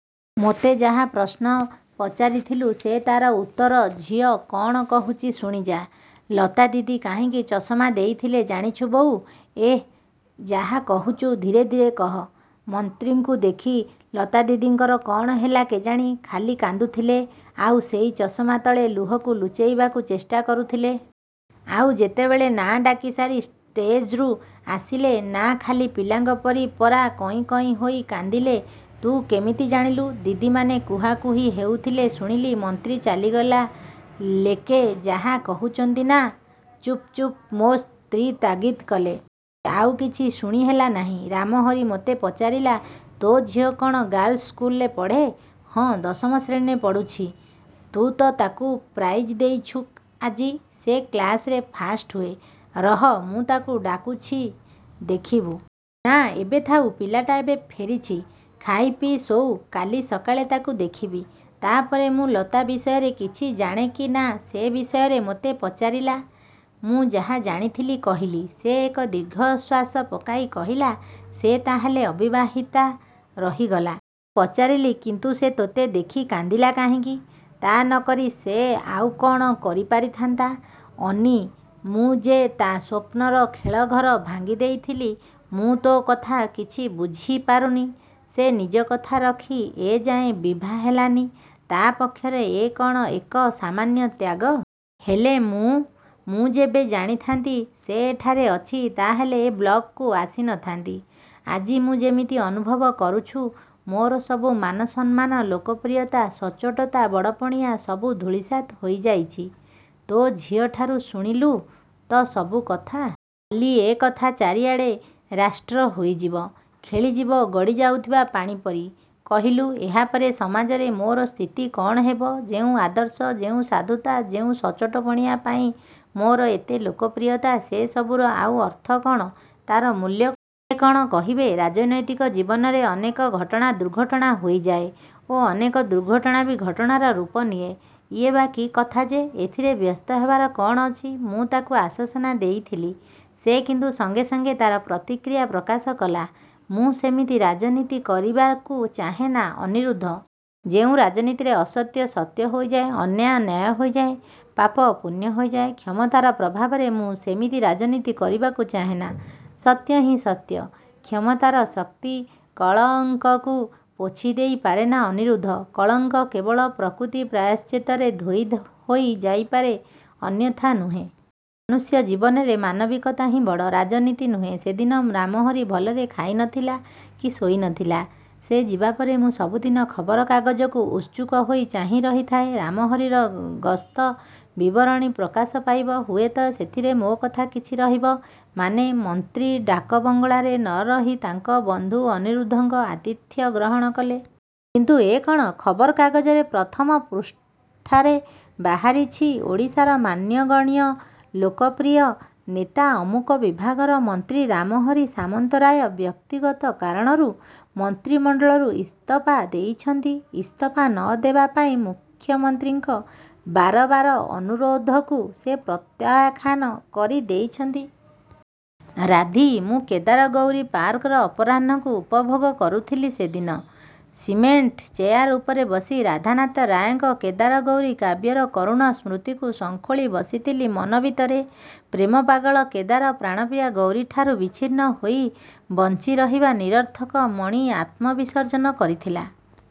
ମୋତେ ଯାହା ପ୍ରଶ୍ନ। ପଚାରିଥିଲୁ ସେ ତା'ର ଉତ୍ତର। ଝିଅ କ'ଣ କହୁଛି ଶୁଣିଯା-। ଲତାଦିଦି କାହିଁକି ଚଷମା ଦେଇଥିଲେ ଜାଣିଛୁ ବୋଉ? ଏଃ, ଯାହା କହୁଛୁ ଧୀରେ ଧୀରେ କହ। ମନ୍ତ୍ରୀଙ୍କୁ ଦେଖି ଲତାଦିଦିଙ୍କର କ'ଣ ହେଲା କେଜାଣି ଖାଲି କାନ୍ଦୁଥିଲେ; ଆଉ ସେଇ ଚଷମା ତଳେ ଲୁହକୁ ଲୁଚେଇବାକୁ ଚେଷ୍ଟା କରୁଥିଲେ। ଆଉ ଯେତେବେଳେ ନାଆଁ ଡାକି ସାରି ଷ୍ଟେଜ୍ରୁ ଆସିଲେ ନା ଖାଲି ପିଲାଙ୍କ ପରି ପରା କଇଁ କଇଁ ହୋଇ କାନ୍ଦିଲେ। ତୁ କେମିତି ଜାଣିଲୁ? ଦିଦିମାନେ କୁହାକୁହି ହେଉଥିଲେ ଶୁଣିଲି। ମନ୍ତ୍ରୀ ଚାଲିଗଲା ଲେକେ ଯାହା କହୁଛନ୍ତି ନା "ଚୁପ୍ ଚୁପ୍" ମୋ' ସ୍ତ୍ରୀ ତାଗିଦ୍ କଲେ। ତା'ପରେ ଆଉ କିଛି ଶୁଣି ହେଲା ନାହିଁ। ରାମହରି ମୋତେ ପଚାରିଲା-ତୋ ଝିଅ କ'ଣ ଗାର୍ଲସ ସ୍କୁଲରେ ପଢ଼େ? ହଁ, ଦଶମ ଶ୍ରେଣୀରେ ପଢ଼ୁଛି। ତୁ ତ ତାକୁ ପ୍ରାଇଜ୍ ଦେଇଛୁ ଆଜି। ସେ କ୍ଲାସରେ ଫାଷ୍ଟ ହୁଏ। ରହ, ମୁଁ ତାକୁ ଡାକୁଛି ଦେଖିବୁ। ନା, ଏବେ ଥାଉ। ପିଲଟା ଏବେ ଫେରିଛି। ଖାଇପିଇ ଶୋଉ। କାଲି ସକାଳେ ତାକୁ ଦେଖିବି। ତା'ପରେ ମୁଁ ଲତା ବିଷୟରେ କିଛି ଜାଣେ କି ନା ସେ ବିଷୟରେ ମୋତେ ପଚାରିଲା। ମୁଁ ଯାହା ଜାଣିଥିଲି କହିଲି। ସେ ଏକ ଦୀର୍ଘଶ୍ଵାସ ପକାଇ କହିଲା-ସେ ତା'ହେଲେ ଅବିବାହିତା ରହିଗଲା? ମୁଁ ପଚାରିଲି-କିନ୍ତୁ ସେ ତୋତେ ଦେଖି କାନ୍ଦିଲା କାହିଁକି? -ତା' ନକରି ସେ ଆଉ କ'ଣ କରିପାରିଥାନ୍ତା। ଅନି? ମୁଁ ଯେ ତା' ସ୍ଵପ୍ନର ଖେଳଘର ଭାଙ୍ଗି ଦେଇଥିଲି। ମୁଁ ତୋ' କଥା କିଛି ବୁଝିପାରୁନି। ସେ ନିଜକଥା ରଖି ଏ ଯାଏ ବିଭାହେଲାନି, ତା'ପକ୍ଷରେ ଏ କ'ଣ ଏକ ସାମାନ୍ୟ ତ୍ୟାଗ-? ହେଲେ ମୁଁ? ମୁଁ ଯେବେ ଜାଣିଥାନ୍ତି ସେ ଏଠାରେ ଅଛି ତା'ହେଲେ ଏ ବ୍ଲକକୁ ଆସି ନଥାନ୍ତି-। ଆଜି ମୁଁ ଯେମିତି ଅନୁଭବ କରୁଛୁ ମୋର ସବୁ ମାନ ସମ୍ମାନ, ଲୋକପ୍ରିୟତା, ସଚ୍ଚୋଟତା ବଡ଼ପଣିଆ ସବୁ ଧୂଳିସାତ୍ ହୋଇଯାଇଛି। ତୋ' ଝିଅଠାରୁ ଶୁଣିଲୁ ତ ସବୁ କଥା। କାଲି ଏ କଥା ଚାରିଆଡ଼େ ରାଷ୍ଟ୍ର ହୋଇଯିବ-ଖେଳିଯିବ ଗଡ଼ିଯାଉଥିବା ପାଣି ପରି। କହିଲୁ-ଏହାପରେ ସମାଜରେ ମୋର ସ୍ଥିତି କ'ଣ ହେବ? ଯେଉଁ ଆଦର୍ଶ, ଯେଉଁ ସାଧୁତା, ଯେଉଁ ସଚ୍ଚୋଟପଣିଆ ପାଇଁ ମୋର ଏତେ ଲୋକପ୍ରିୟତା ସେ ସବୁର ଆଉ ଅର୍ଥ କ'ଣ? ତା'ର ମୂଲ୍ୟ କ'ଣ? ଲୋକେ କ'ଣ କହିବେ? 'ରାଜନୈତିକ ଜୀବନରେ ଅନେକ ଘଟଣା ଦୁର୍ଘଟଣା ହୋଇଯାଏ ଓ ଅନେକ ଦୁର୍ଘଟଣା ବି ଘଟଣାର ରୂପ ନିଏ। ଇଏ ବା କି କଥା ଯେ ଏଥିରେ ବ୍ୟସ୍ତ ହେବାର କ'ଣ ଅଛି? -ମୁଁ ତାକୁ ଆଶ୍ଵାସନା ଦେଉଥିଲି। ସେ କିନ୍ତୁ ସଙ୍ଗେ ସଙ୍ଗେ ତା'ର ପ୍ରତିକ୍ରିୟା ପ୍ରକାଶ କଲା- 'ମୁଁ ସେମିତି ରାଜନୀତି କରିବାକୁ ଚାହେଁନା ଅନିରୁଦ୍ଧ। ଯେଉଁ ରାଜନୀତିରେ ଅସତ୍ୟ ସତ୍ୟ ହୋଇଯାଏ, ଅନ୍ୟାୟ ନ୍ୟାୟ ହୋଇଯାଏ, ପାପ ପୁଣ୍ୟ ହୋଇଯାଏ, କ୍ଷମତାର ପ୍ରଭାବରେ ମୁଁ ସେମିତି ରାଜନୀତି କରିବାକୁ ଚାହେଁନା। ସତ୍ୟ ହିଁ ସତ୍ୟ। କ୍ଷମତାର ଶକ୍ତି କଳଙ୍କକୁ ପୋଛି ଦେଇ ପାରେନା ଅନିରୁଦ୍ଧ, କଳଙ୍କ କେବଳ ପ୍ରକୃତି ପ୍ରାୟଶ୍ଚିତରେ ଧୋଇ ହୋଇ ଯାଇପାରେ, ଅନ୍ୟଥା ନୁହେଁ। ମନୁଷ୍ୟ ଜୀବନରେ ମାନବିକତା ହିଁ ବଡ଼-ରାଜନୀତି ନୁହେଁ। ସେଦିନ ରାମହରି ଭଲରେ ଖାଇ ନଥିଲା କି ଶୋଇ ନଥିଲା। ସେ ଯିବାପରେ ମୁଁ ସବୁଦିନ ଖବର କାଗଜକୁ ଉତ୍ସୁକ ହୋଇ ଚାହିଁ ରହିଥାଏ-ରାମହରିର ଗସ୍ତ ବିବରଣୀ ପ୍ରକାଶ ପାଇବ-ହୁଏତ ସେଥିରେ ମୋ' କଥା କିଛି ରହିବ, ମାନେ ମନ୍ତ୍ରୀ ଡାକବଙ୍ଗଳାରେ ନରହି ତାଙ୍କ ବନ୍ଧୁ ଅନିରୁଦ୍ଧଙ୍କ ଆତିଥ୍ୟ ଗ୍ରହଣ କଲେ। କିନ୍ତୁ ଏ କ'ଣ? ଖବର କାଗଜରେ ପ୍ରଥମ ପୃଷ୍ଠାରେ ବାହାରିଛି-"ଓଡ଼ିଶାର ମାନଗଣ୍ୟ ଲୋକପ୍ରିୟ ନେତା, ଅମୁକ ବିଭାଗର ମନ୍ତ୍ରୀ ରାମହରି ସାମନ୍ତରାୟ ବ୍ୟକ୍ତିଗତ କାରଣରୁ ମନ୍ତ୍ରୀମଣ୍ଡଳରୁ ଇସ୍ତଫା ଦେଇଛନ୍ତି। ଇସ୍ତଫା ନ ଦେବା ପାଇଁ ମୁଖ୍ୟମନ୍ତ୍ରୀଙ୍କ ବାର ବାର ଅନୁରୋଧକୁ ସେ ପ୍ରତ୍ୟାଖ୍ୟାନ କରି ଦେଇଛନ୍ତି। " ରାଧି ମୁଁ କେଦାର-ଗୌରୀ ପାର୍କର ଅପରାହ୍ନକୁ ଉପଭୋଗ କରୁଥିଲି ସେଦିନ। ସିମେଣ୍ଟ ଚେୟାର ଉପରେ ବସି ରାଧାନାଥ ରାୟଙ୍କ କେଦାର-ଗୌରୀ କାବ୍ୟର କରୁଣ ସ୍ମୃତିକୁ ଶଙ୍ଖୋଳି ବସିଥିଲି ମନ ଭିତରେ। ପ୍ରେମ ପାଗଳ କେଦାର ପ୍ରାଣପ୍ରିୟା ଗୌରୀଠାରୁ ବିଚ୍ଛିନ୍ନ ହୋଇ ବଞ୍ଚି ରହିବା ନିରର୍ଥକ ମଣି ଆତ୍ମବିସର୍ଜନ କରିଥିଲା।